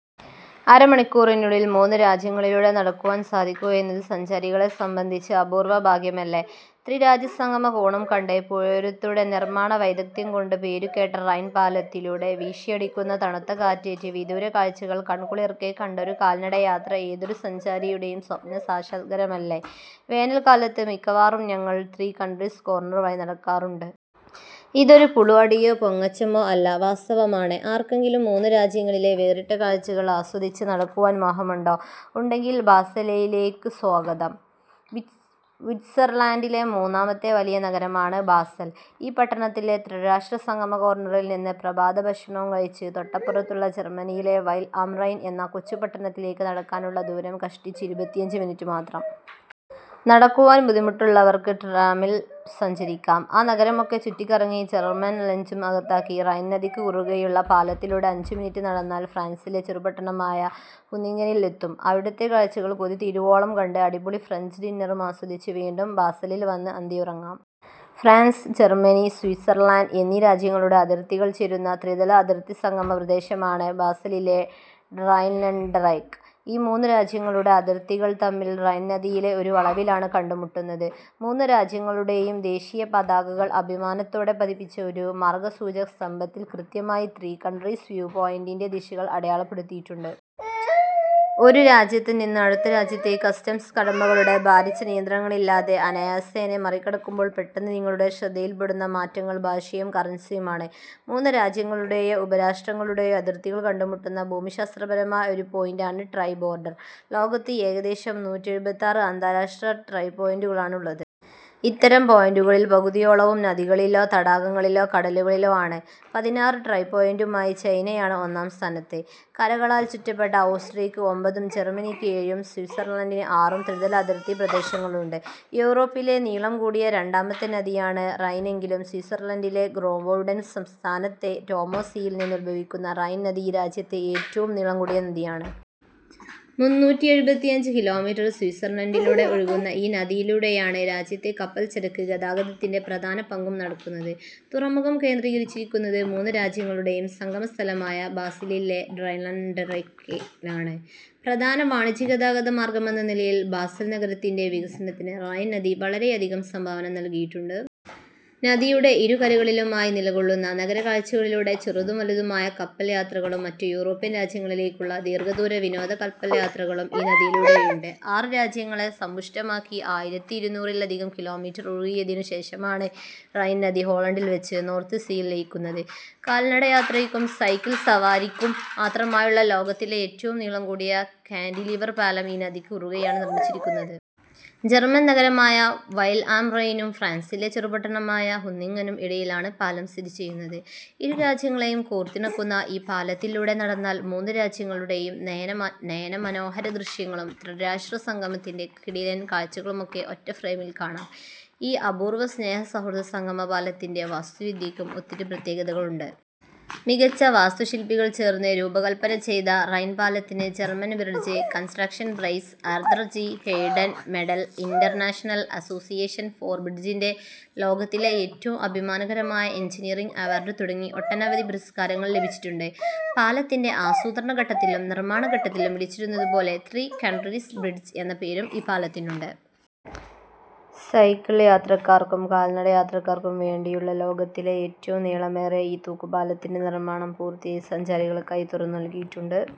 അരമണിക്കൂറിനുള്ളിൽ മൂന്ന് രാജ്യങ്ങളിലൂടെ നടക്കുവാൻ സാധിക്കുകയെന്നത് സഞ്ചാരികളെ സംബന്ധിച്ച് അപൂർവ്വ ഭാഗ്യമല്ലേ? ത്രിരാജ്യസംഗമ കോണും കണ്ട് പുഴയോരത്തൂടെ, നിർമ്മാണ വൈദഗ്ധ്യം കൊണ്ട് പേരുകേട്ട റൈൻ പാലത്തിലൂടെ, വീശിയടിക്കുന്ന തണുത്ത കാറ്റേറ്റ് വിദൂരകാഴ്ചകൾ കൺകുളിർക്കേ കണ്ടൊരു കാൽനടയാത്ര ഏതൊരു സഞ്ചാരിയുടേയും സ്വപ്നസാക്ഷാത്കാരമല്ലേ? വേനൽക്കാലത്ത് മിക്കവാറും ഞങ്ങൾ ത്രീ കൺട്രീസ് കോർണർ വഴി നടക്കാറുണ്ട്. ഇതൊരു പുളു അടിയോ പൊങ്ങച്ചമോ അല്ല, വാസ്തവമാണ്. ആർക്കെങ്കിലും മൂന്നു രാജ്യങ്ങളിലെ വേറിട്ട കാഴ്ചകൾ ആസ്വദിച്ച് നടക്കുവാൻ മോഹമുണ്ടോ? ഉണ്ടെങ്കിൽ ബാസലിലേയ്ക്ക് സ്വാഗതം. വിറ്റ് വിറ്റ്സർലാൻഡിലെ മൂന്നാമത്തെ വലിയ നഗരമാണ് ബാസൽ. ഈ പട്ടണത്തിലെ ത്രിരാഷ്ട്ര സംഗമ കോർണറിൽ നിന്ന് പ്രഭാത ഭക്ഷണവും കഴിച്ച് തൊട്ടപ്പുറത്തുള്ള ജർമ്മനിയിലെ വൈൽ ആം റൈൻ എന്ന കൊച്ചു പട്ടണത്തിലേയ്ക്ക് നടക്കാനുള്ള ദൂരം കഷ്ടിച്ച് ഇരുപത്തിയഞ്ച് മിനിറ്റ് മാത്രം. നടക്കുവാൻ ബുദ്ധിമുട്ടുള്ളവർക്ക് ട്രാമിൽ സഞ്ചരിക്കാം. ആ നഗരമൊക്കെ ചുറ്റിക്കറങ്ങി ജർമ്മൻ ലഞ്ചും അകത്താക്കി റൈൻ നദിക്ക് കുറുകെയുള്ള പാലത്തിലൂടെ അഞ്ചു മിനിറ്റ് നടന്നാൽ ഫ്രാൻസിലെ ചെറുപട്ടണമായ ഹുന്നിംഗനിൽ എത്തും. അവിടുത്തെ കാഴ്ചകൾ കൊതി തീരുവോളം കണ്ട് അടിപൊളി ഫ്രഞ്ച് ഡിന്നറും ആസ്വദിച്ച് വീണ്ടും ബാസലിൽ വന്ന് അന്തിയുറങ്ങാം. ഫ്രാൻസ്, ജർമ്മനി, സ്വിറ്റ്സർലൻഡ് എന്നീ രാജ്യങ്ങളുടെ അതിർത്തികൾ ചേരുന്ന ത്രിതല അതിർത്തി സംഗമ പ്രദേശമാണ് ബാസലിലെ ഡ്രൈലെൻഡെറെക്ക്. ഈ മൂന്നു രാജ്യങ്ങളുടെ അതിർത്തികൾ തമ്മിൽ റൈൻ നദിയിലെ ഒരു വളവിലാണ് കണ്ടുമുട്ടുന്നത്. മൂന്ന് രാജ്യങ്ങളുടേയും ദേശീയ പതാകകൾ അഭിമാനത്തോടെ പതിപ്പിച്ച ഒരു മാർഗ്ഗസൂചകസ്തംഭത്തിൽ കൃത്യമായി ത്രീ കൺട്രീസ് വ്യൂ പോയിൻ്റിൻ്റെ ദിശകൾ അടയാളപ്പെടുത്തിയിട്ടുണ്ട്. ഒരു രാജ്യത്ത് നിന്ന് അടുത്ത രാജ്യത്തേയ്ക്ക് കസ്റ്റംസ് കടമ്പകളുടെ ഭാരിച്ച നിയന്ത്രങ്ങളില്ലാതെ അനായാസേന മറികടക്കുമ്പോൾ പെട്ടെന്ന് നിങ്ങളുടെ ശ്രദ്ധയിൽപ്പെടുന്ന മാറ്റങ്ങൾ ഭാഷയും കറൻസിയുമാണ്. മൂന്ന് രാജ്യങ്ങളുടെയോ ഉപരാഷ്ട്രങ്ങളുടെയോ അതിർത്തികൾ കണ്ടുമുട്ടുന്ന ഭൂമിശാസ്ത്രപരമായ ഒരു പോയിന്റാണ് ട്രൈ ബോർഡർ. ലോകത്ത് ഏകദേശം നൂറ്റെഴുപത്താറ് അന്താരാഷ്ട്ര ട്രൈപോയിൻ്റുകളാണ് ഉള്ളത്. ഇത്തരം പോയിന്റുകളിൽ പകുതിയോളവും നദികളിലോ തടാകങ്ങളിലോ കടലുകളിലോ ആണ്. പതിനാറ് ട്രൈപോയിൻ്റുമായി ചൈനയാണ് ഒന്നാം സ്ഥാനത്ത്. കരകളാൽ ചുറ്റപ്പെട്ട ഓസ്ട്രിയയ്ക്ക് ഒമ്പതും ജർമ്മനിയ്ക്ക് ഏഴും സ്വിറ്റ്സർലൻഡിന് ആറും ത്രിതല അതിർത്തി പ്രദേശങ്ങളുണ്ട്. യൂറോപ്പിലെ നീളം കൂടിയ രണ്ടാമത്തെ നദിയാണ് റൈനെങ്കിലും സ്വിറ്റ്സർലൻഡിലെ ഗ്രൗബൂണ്ടൻ സംസ്ഥാനത്തെ റ്റോമാ സീയിൽ നിന്ന് ഉത്ഭവിക്കുന്ന റൈൻ നദി ഈ രാജ്യത്തെ ഏറ്റവും നീളം കൂടിയ നദിയാണ്. മുന്നൂറ്റി എഴുപത്തിയഞ്ച് കിലോമീറ്റർ സ്വിറ്റ്സർലൻഡിലൂടെ ഒഴുകുന്ന ഈ നദിയിലൂടെയാണ് രാജ്യത്തെ കപ്പൽ ചരക്ക് ഗതാഗതത്തിൻ്റെ പ്രധാന പങ്കും നടക്കുന്നത്. തുറമുഖം കേന്ദ്രീകരിച്ചിരിക്കുന്നത് മൂന്നു രാജ്യങ്ങളുടേയും സംഗമ സ്ഥലമായ ബാസലിലെ ഡ്രൈലെൻഡെറെക്കിലാണ്. പ്രധാന വാണിജ്യഗതാഗത മാർഗ്ഗമെന്ന നിലയിൽ ബാസൽ നഗരത്തിൻ്റെ വികസനത്തിന് റൈൻ നദി വളരെയധികം സംഭാവന നൽകിയിട്ടുണ്ട്. നദിയുടെ ഇരുകരകളിലുമായി നിലകൊള്ളുന്ന നഗരക്കാഴ്ചകളിലൂടെ ചെറുതും വലുതുമായ കപ്പൽ യാത്രകളും മറ്റു യൂറോപ്യൻ രാജ്യങ്ങളിലേയ്ക്കുള്ള ദീർഘദൂര വിനോദ കപ്പൽയാത്രകളും ഈ നദിയിലൂടെയുണ്ട്. ആറ് രാജ്യങ്ങളെ സമ്പുഷ്ടമാക്കി ആയിരത്തി ഇരുനൂറി ലധികം കിലോമീറ്റർ ഒഴുകിയതിനു ശേഷമാണ് റൈൻ നദി ഹോളണ്ടിൽ വച്ച് നോർത്ത് സീയിൽ ലയിക്കുന്നത്. കാൽനടയാത്രയ്ക്കും സൈക്കിൾ സവാരിക്കും മാത്രമായുള്ള ലോകത്തിലെ ഏറ്റവും നീളം കൂടിയ കാൻ്റിലിവർ പാലം ഈ നദിക്ക് കുറുകെയാണ് നിർമ്മിച്ചിരിക്കുന്നത്. ജർമ്മൻ നഗരമായ വൈൽ ആം റൈനും ഫ്രാൻസിലെ ചെറുപട്ടണമായ ഹുന്നിംഗനും ഇടയിലാണ് പാലം സ്ഥിതിചെയ്യുന്നത്. ഇരു രാജ്യങ്ങളേയും കോർത്തിണക്കുന്ന ഈ പാലത്തിലൂടെ നടന്നാൽ മൂന്നു രാജ്യങ്ങളുടേയും നയനമ നയനമനോഹര ദൃശ്യങ്ങളും ത്രിരാഷ്ട്ര സംഗമത്തിൻ്റെ കിടിലൻ കാഴ്ചകളുമൊക്കെ ഒറ്റ ഫ്രെയിമിൽ കാണാം. ഈ അപൂർവ്വ സ്നേഹ സൗഹൃദ സംഗമ പാലത്തിൻ്റെ വാസ്തുവിദ്യയ്ക്കും ഒത്തിരി പ്രത്യേകതകളുണ്ട്. മികച്ച വാസ്തുശില്പികൾ ചേർന്ന് രൂപകല്പന ചെയ്ത റൈൻ പാലത്തിന് German bridge construction prize, Arthur G Hayden medal, international association for ബ്രിഡ്ജിൻ്റെ ലോകത്തിലെ ഏറ്റവും അഭിമാനകരമായ എൻജിനീയറിംഗ് അവാർഡ് തുടങ്ങി ഒട്ടനവധി പുരസ്കാരങ്ങൾ ലഭിച്ചിട്ടുണ്ട്. പാലത്തിൻ്റെ ആസൂത്രണ ഘട്ടത്തിലും നിർമ്മാണ ഘട്ടത്തിലും വിളിച്ചിരുന്നതുപോലെ 'ത്രീ കൺട്രീസ് ബ്രിഡ്ജ്' എന്ന പേരും ഈ പാലത്തിനുണ്ട്. സൈക്കിൾ യാത്രക്കാർക്കും കാൽനടയാത്രക്കാർക്കും വേണ്ടിയുള്ള ലോകത്തിലെ ഏറ്റവും നീളമേറിയ ഈ തൂക്കുപാലത്തിൻ്റെ നിർമ്മാണം പൂർത്തിയായി സഞ്ചാരികൾക്കായി തുറന്നു നൽകിയിട്ടുണ്ട്.